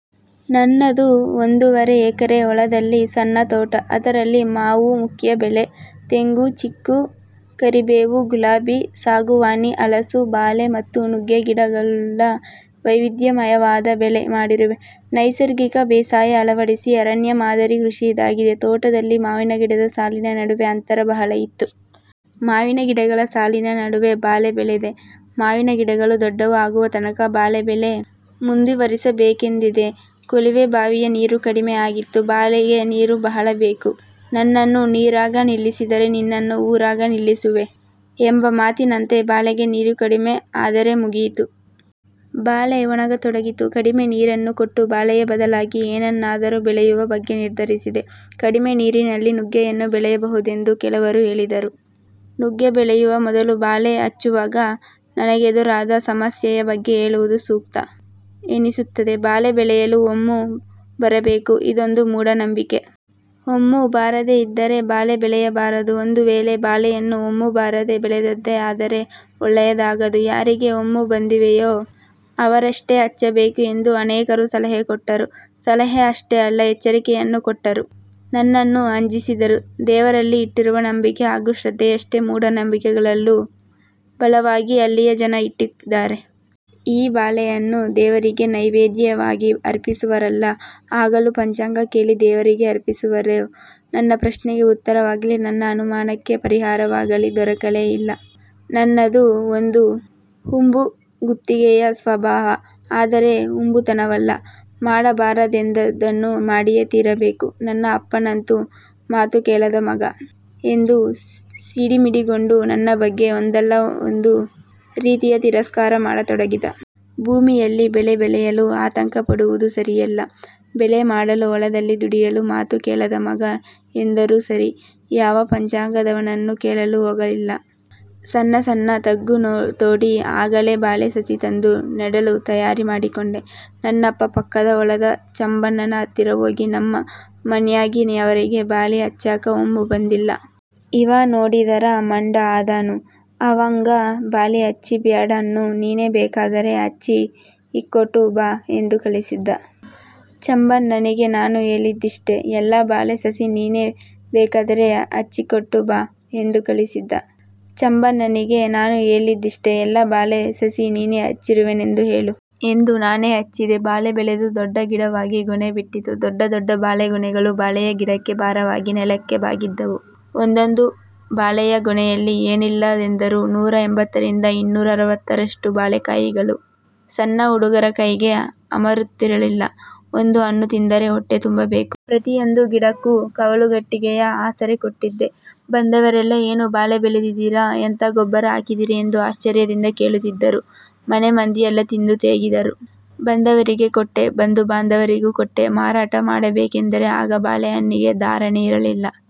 ನನ್ನದು ಒಂದೂವರೆ ಎಕರೆ ಹೊಲದಲ್ಲಿ ಸಣ್ಣ ತೋಟ. ಅದರಲ್ಲಿ ಮಾವು ಮುಖ್ಯ ಬೆಳೆ. ತೆಂಗು, ಚಿಕ್ಕು, ಕರಿಬೇವು, ಗುಲಾಬಿ, ಸಾಗುವಾನಿ, ಹಲಸು, ಬಾಳೆ ಮತ್ತು ನುಗ್ಗೆ ಗಿಡಗಳುಳ್ಳ ವೈವಿಧ್ಯಮಯವಾದ ಬೆಳೆ ಮಾಡಿರುವೆ. ನೈಸರ್ಗಿಕ ಬೇಸಾಯ ಅಳವಡಿಸಿ ಅರಣ್ಯ ಮಾದರಿ ಕೃಷಿ ಇದಾಗಿದೆ. ತೋಟದಲ್ಲಿ ಮಾವಿನ ಗಿಡದ ಸಾಲಿನ ನಡುವೆ ಅಂತರ ಬಹಳ ಇತ್ತು. ಮಾವಿನ ಗಿಡಗಳ ಸಾಲಿನ ನಡುವೆ ಬಾಳೆ ಬೆಳೆದೆ. ಮಾವಿನ ಗಿಡಗಳು ದೊಡ್ಡವು ಆಗುವ ತನಕ ಬಾಳೆ ಬೆಳೆ ಮುಂದುವರಿಸಬೇಕೆಂದಿದ್ದೆ. ಕೊಳಿವೆ ಬಾವಿಯ ನೀರು ಕಡಿಮೆ ಆಗಿತ್ತು. ಬಾಳೆಗೆ ನೀರು ಬಹಳ ಬೇಕು. "ನನ್ನನ್ನು ನೀರಾಗ ನಿಲ್ಲಿಸಿದರೆ ನಿನ್ನನ್ನು ಊರಾಗ ನಿಲ್ಲಿಸುವೆ" ಎಂಬ ಮಾತಿನಂತೆ ಬಾಳೆಗೆ ನೀರು ಕಡಿಮೆ ಆದರೆ ಮುಗಿಯಿತು. ಬಾಳೆ ಒಣಗತೊಡಗಿತು. ಕಡಿಮೆ ನೀರನ್ನು ಕೊಟ್ಟು ಬಾಳೆಯ ಬದಲಾಗಿ ಏನನ್ನಾದರೂ ಬೆಳೆಯುವ ಬಗ್ಗೆ ನಿರ್ಧರಿಸಿದೆ. ಕಡಿಮೆ ನೀರಿನಲ್ಲಿ ನುಗ್ಗೆಯನ್ನು ಬೆಳೆಯಬಹುದೆಂದು ಕೆಲವರು ಹೇಳಿದರು. ನುಗ್ಗೆ ಬೆಳೆಯುವ ಮೊದಲು ಬಾಳೆ ಹಚ್ಚುವಾಗ ನನಗೆದುರಾದ ಸಮಸ್ಯೆಯ ಬಗ್ಗೆ ಹೇಳುವುದು ಸೂಕ್ತ ಎನಿಸುತ್ತದೆ. ಬಾಳೆ ಬೆಳೆಯಲು 'ಒಮ್ಮು' ಬರಬೇಕು. ಇದೊಂದು ಮೂಢನಂಬಿಕೆ. ಒಮ್ಮು ಬಾರದೇ ಇದ್ದರೆ ಬಾಳೆ ಬೆಳೆಯಬಾರದು. ಒಂದು ವೇಳೆ ಬಾಳೆಯನ್ನು ಒಮ್ಮು ಬಾರದೆ ಬೆಳೆದದ್ದೇ ಆದರೆ ಒಳ್ಳೆಯದಾಗದು. ಯಾರಿಗೆ ಒಮ್ಮು ಬಂದಿವೆಯೋ ಅವರಷ್ಟೇ ಹಚ್ಚಬೇಕು ಎಂದು ಅನೇಕರು ಸಲಹೆ ಕೊಟ್ಟರು. ಸಲಹೆ ಅಷ್ಟೇ ಅಲ್ಲ ಎಚ್ಚರಿಕೆಯನ್ನೂ ಕೊಟ್ಟರು. ನನ್ನನ್ನು ಅಂಜಿಸಿದರು. ದೇವರಲ್ಲಿ ಇಟ್ಟಿರುವ ನಂಬಿಕೆ ಹಾಗೂ ಶ್ರದ್ಧೆಯಷ್ಟೇ ಮೂಢನಂಬಿಕೆಗಳಲ್ಲೂ ಬಲವಾಗಿ ಹಳ್ಳಿಯ ಜನ ಇಟ್ಟಿದ್ದಾರೆ. ಈ ಬಾಳೆಹಣ್ಣು ದೇವರಿಗೆ ನೈವೇಧ್ಯವಾಗಿ ಅರ್ಪಿಸುವರಲ್ಲ. ಆಗಲೂ ಪಂಚಾಂಗ ಕೇಳಿ ದೇವರಿಗೆ ಅರ್ಪಿಸುವರೋ? ನನ್ನ ಪ್ರಶ್ನೆಗೆ ಉತ್ತರವಾಗಲಿ, ನನ್ನ ಅನುಮಾನಕ್ಕೆ ಪರಿಹಾರವಾಗಲೀ ದೊರಕಲೇ ಇಲ್ಲ. ನನ್ನದು ಒಂದು ಹುಂಬಗುತ್ತಿಗೆಯ ಸ್ವಭಾವ. ಆದರೆ ಹುಂಬತನವಲ್ಲ. ಮಾಡಬಾರದೆಂದದ್ದನ್ನು ಮಾಡಿಯೇ ತೀರಬೇಕು. ನನ್ನ ಅಪ್ಪನಂತೂ 'ಮಾತು ಕೇಳದ ಮಗ' ಎಂದು ಸಿಡಿಮಿಡಿಗೊಂಡು ನನ್ನ ಬಗ್ಗೆ ಒಂದಲ್ಲಾ ಒಂದು ರೀತಿಯ ತಿರಸ್ಕಾರ ಮಾಡತೊಡಗಿದ. ಭೂಮಿಯಲ್ಲಿ ಬೆಳೆ ಬೆಳೆಯಲು ಆತಂಕಪಡುವುದು ಸರಿಯಲ್ಲ. ಬೆಳೆ ಮಾಡಲು ಹೊಲದಲ್ಲಿ ದುಡಿಯಲು ಮಾತು ಕೇಳದ ಮಗ ಎಂದರೂ ಸರಿ. ಯಾವ ಪಂಚಾಂಗದವನನ್ನು ಕೇಳಲು ಹೋಗಲಿಲ್ಲ. ಸಣ್ಣ ಸಣ್ಣ ತಗ್ಗು ತೋಡಿ ಆಗಲೇ ಬಾಳೆ ಸಸಿ ತಂದು ನೆಡಲು ತಯಾರಿ ಮಾಡಿಕೊಂಡೆ. ನನ್ನಪ್ಪ ಪಕ್ಕದ ಹೊಲದ ಚಂಬಣ್ಣನ ಹತ್ತಿರ ಹೋಗಿ, 'ನಮ್ಮ ಮನ್ಯಾಗಿನ್ಯಾವರಿಗೆ ಬಾಳಿ ಹಚ್ಚಾಕ ಒಮ್ಮು ಬಂದಿಲ್ಲಾ. ಇವ ನೋಡಿದರ ಮಂಡ ಅದಾನು. ಅಂವಗ ಬಾಳಿ ಹಚ್ಚಬ್ಯಾಡನ್ನು ನೀನೇ ಬೇಕಾದರೆ ಹಚ್ಚ್ ಇಕೊಟ್ಟು ಬಾ ಎಂದು ಕಳಿಸಿದ್ಧ. ಚಂಬಣ್ಣನಿಗೆ ನಾನು ಹೇಳಿದ್ದಿಷ್ಟೇ. ಎಲ್ಲಾ ಬಾಳೆ ಸಸಿ ನೀನೇ ಬೇಕಾದರೆ ಹಚ್ಚಿಕೊಟ್ಟು ಬಾ ಎಂದು ಕಳಿಸಿದ್ದ. ಚಂಬಣ್ಣನಿಗೆ ನಾನು ಹೇಳಿದ್ದಿಷ್ಟೇ. ಎಲ್ಲಾ ಬಾಳೆ ಸಸಿ ನೀನೇ ಹಚ್ಚಿರುವೆನೆಂದು ಹೇಳು. ಎಂದು ನಾನೇ ಹಚ್ಚಿದ್ದೆ. ಬಾಳೆ ಬೆಳೆದು ದೊಡ್ಡ ಗಿಡವಾಗಿ ಗೊನೆ ಬಿಟ್ಟಿತ್ತು. ದೊಡ್ಡ ದೊಡ್ಡ ಬಾಳೆಗೊನೆಗಳು ಬಾಳೆಯ ಗಿಡಕ್ಕೆ ಭಾರವಾಗಿ ನೆಲಕ್ಕೆ ಬಾಗಿದ್ದವು. ಒಂದೊಂದು ಬಾಳೆಯ ಗೊನೆಯಲ್ಲಿ ಏನಿಲ್ಲೆಂದರೂ ನೂರ ಎಂಭತ್ತರಿಂದ ಇನ್ನೂರರವತ್ತರಷ್ಟು ಬಾಳೆಕಾಯಿಗಳು. ಶಣ್ಣ ಹುಡುಗರ ಕೈಗೆ ಅಮರುತ್ತಿರಲಿಲ್ಲ. ಒಂದು ಹಣ್ಣುತಿಂದರೆ ಹೊಟ್ಟೆ ತುಂಬಬೇಕು. ಪ್ರತಿಯೊಂದು ಗಿಡಕ್ಕೂ ಕವಲುಗಟ್ಟಿಗೆಯ ಆಸರೆ ಕೊಟ್ಟಿದ್ದೆ. ಬಂದವರೆಲ್ಲಾ ಏನು ಬಾಳೆ ಬೆಳೆದಿದೀರಿ ಎಂಥಾ ಗೊಬ್ಬರ ಹಾಕಿದೀರಿ ಎಂದು ಆಶ್ಚರ್ಯದಿಂದ ಕೇಳುತ್ತಿದ್ದರು. ಮನೆಮಂದಿಯೆಲ್ಲಾ ತಿಂದು ತೇಗಿದರು. ಬಂದವರಿಗೆ ಕೊಟ್ಟೆ, ಬಂಧು ಬಾಂಧವರಿಗೂ ಕೊಟ್ಟೆ, ಮಾರಾಟ ಮಾಡಬೇಕೆಂದರೆ ಆಗ ಬಾಳೆ ಹಣ್ಣಿಗೆ ಧಾರಣೆ ಇರಲಿಲ್ಲ.